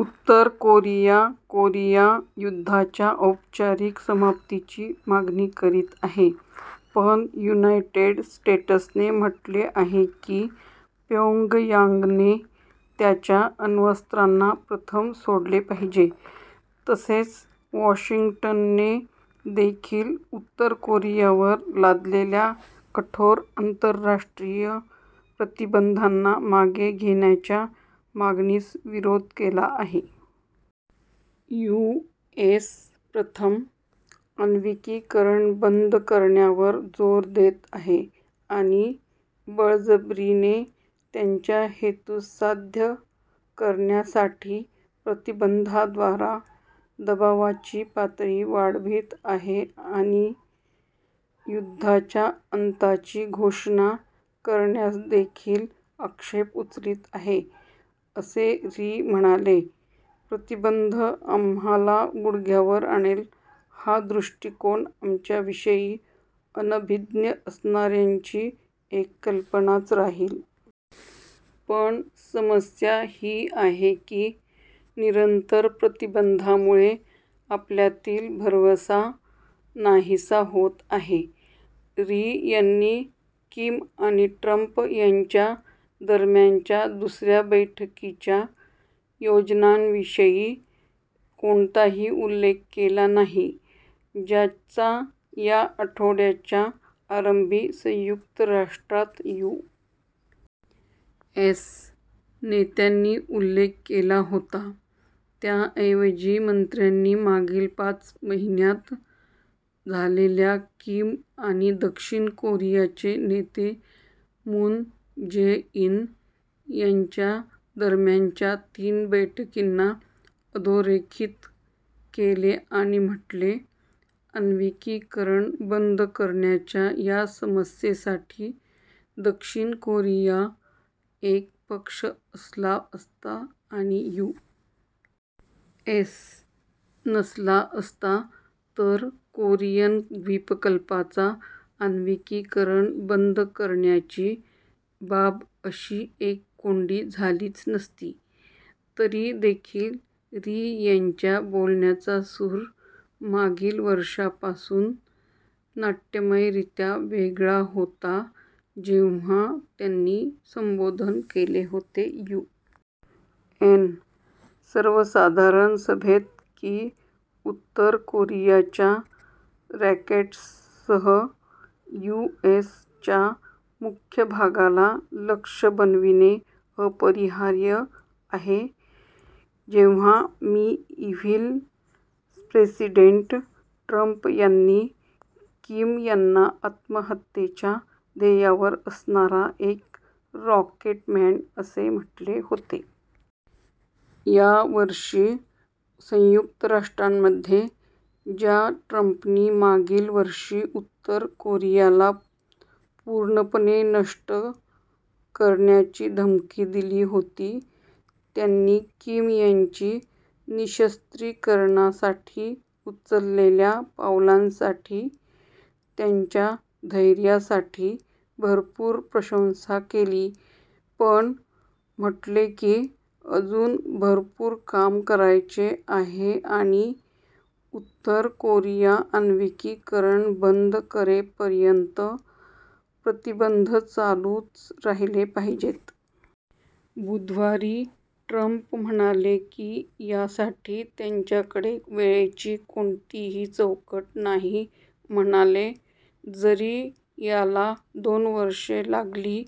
उत्तर Korea Korea युद्धाच्या औपचारिक समाप्तीची मागणी करीत आहे, पण युनायटेड स्टेट्सने म्हटले आहे की प्योंगयांगने त्याच्या अण्वस्त्रांना प्रथम सोडले पाहिजे. तसेच वाशिंग्टनने देखील उत्तर कोरियावर लादलेल्या कठोर आंतरराष्ट्रीय प्रतिबंधांना मागे घेण्याच्या मागणीस विरोध केला आहे. "यू. एस. प्रथम "आण्विकीकरण बंद करण्यावर" जोर देत आहे आणि बळबजरीने त्यांच्या हेतूस साध्य करण्यासाठी प्रतिबंधांद्वारा दबावाची पातळी वाढवीत आहे आणि "युद्धाच्या अंताची घोषणा" करण्यास देखील आक्षेप उचलीत आहे," असे री म्हणाले. "प्रतिबंध आम्हाला गुडघ्यांवर आणेल हा दृष्टीकोन आमच्याविषयी अनभिज्ञ असणाऱ्यांची एक कल्पनाच राहील. पण समस्या ही आहे की निरंतर प्रतिबंधांमुळे आपल्यातील भरवसा नाहीसा होत आहे. " री यांनी किम आणि ट्रम्प यांच्या दरम्यानच्या दुसऱ्या बैठकीच्या योजनांविषयी कोणताही उल्लेख केला नाही, ज्याचा या आठवड्याच्या आरंभी संयुक्त राष्ट्रात यू. एस. नेत्यांनी उल्लेख केला होता. त्याऐवजी मंत्र्यांनी मागील पाच महिन्यात झालेल्या किम आणि दक्षिण कोरियाचे नेते मून जै-इन यांच्या दरम्यानच्या तीन बैठकींना अधोरेखित केले आणि म्हटले: "आण्विकीकरण बंद करण्याच्या या समस्येसाठी दक्षिण कोरिया एक पक्ष असला असता आणि यू. एस. नसला असता, तर कोरियन द्वीपकल्पाचा आण्विकीकरण बंद करण्याची बाब अशी एक कोंडी झालीच नसती. " तरी देखील, री यांच्या बोलण्याचा सूर मागील वर्षापासून नाट्यमयरीत्या वेगळा होता, जेव्हा त्यांनी संबोधन केले होते यू. एन. सर्वसाधारण सभेत की उत्तर कोरियाच्या रॉकेट्ससह यू. एस. च्या मुख्य भागाला लक्ष्य बनविणे अपरिहार्य आहे, जेव्हा "मि. इव्हिल प्रेसिडेंट" ट्रम्प यांनी किम यांना आत्महत्येच्या ध्येयावर असणारा एक "रॉकेट मॅन" असे म्हटले होते. या वर्षी संयुक्त राष्ट्रांमध्ये, ज्या ट्रम्पनी मागील वर्षी उत्तर कोरियाला "पूर्णपणे नष्ट" करण्याची धमकी दिली होती, त्यांनी किम यांची निःशस्त्रीकरणासाठी उचललेल्या पावलांसाठी त्यांच्या धैर्यासाठी भरपूर प्रशंसा केली, पण म्हटले की अजून भरपूर काम करायचे आहे आणि उत्तर कोरिया आण्विकीकरण बंद करेपर्यंत प्रतिबंध चालूच राहिले पाहिजेत. बुधवारी, ट्रम्प म्हणाले की यासाठी त्यांच्याकडे वेळेची कोणतीही चौकट नाही, म्हणाले, "जरी याला दोन वर्षे लागली,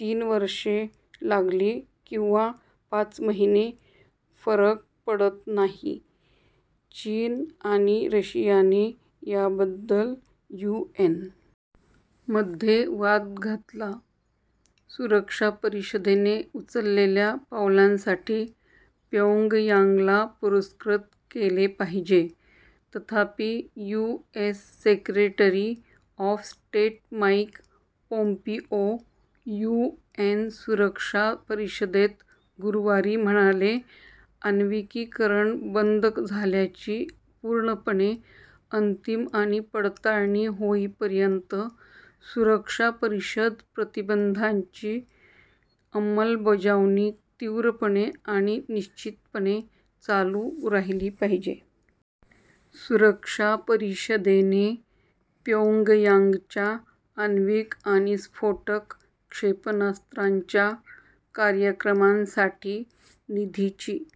तीन वर्षे लागली किंवा पाच महिने – फरक पडत नाही. " चीन आणि रशियाने याबद्दल यू. एन. मध्ये वाद घातला. सुरक्षा परिषदेने उचललेल्या पावलांसाठी प्योंगयांगला पुरस्कृत केले पाहिजे. तथापि, U. S. Secretary of state Mike Pompeo U. N. सुरक्षा परिषदेत गुरुवारी म्हणाले: "आण्विकीकरण बंद झाल्याची पूर्णपणे, अंतिम आणि पडताळणी होईपर्यंत सुरक्षा परिषद प्रतिबंधांची अंमलबजावणी तीव्रपणे आणि निश्चितपणे चालू राहिली पाहिजे. " सुरक्षा परिषदेने प्योंगयांगच्या आण्विक आणि स्फोटक क्षेपणास्त्रांच्या कार्यक्रमांसाठी निधीची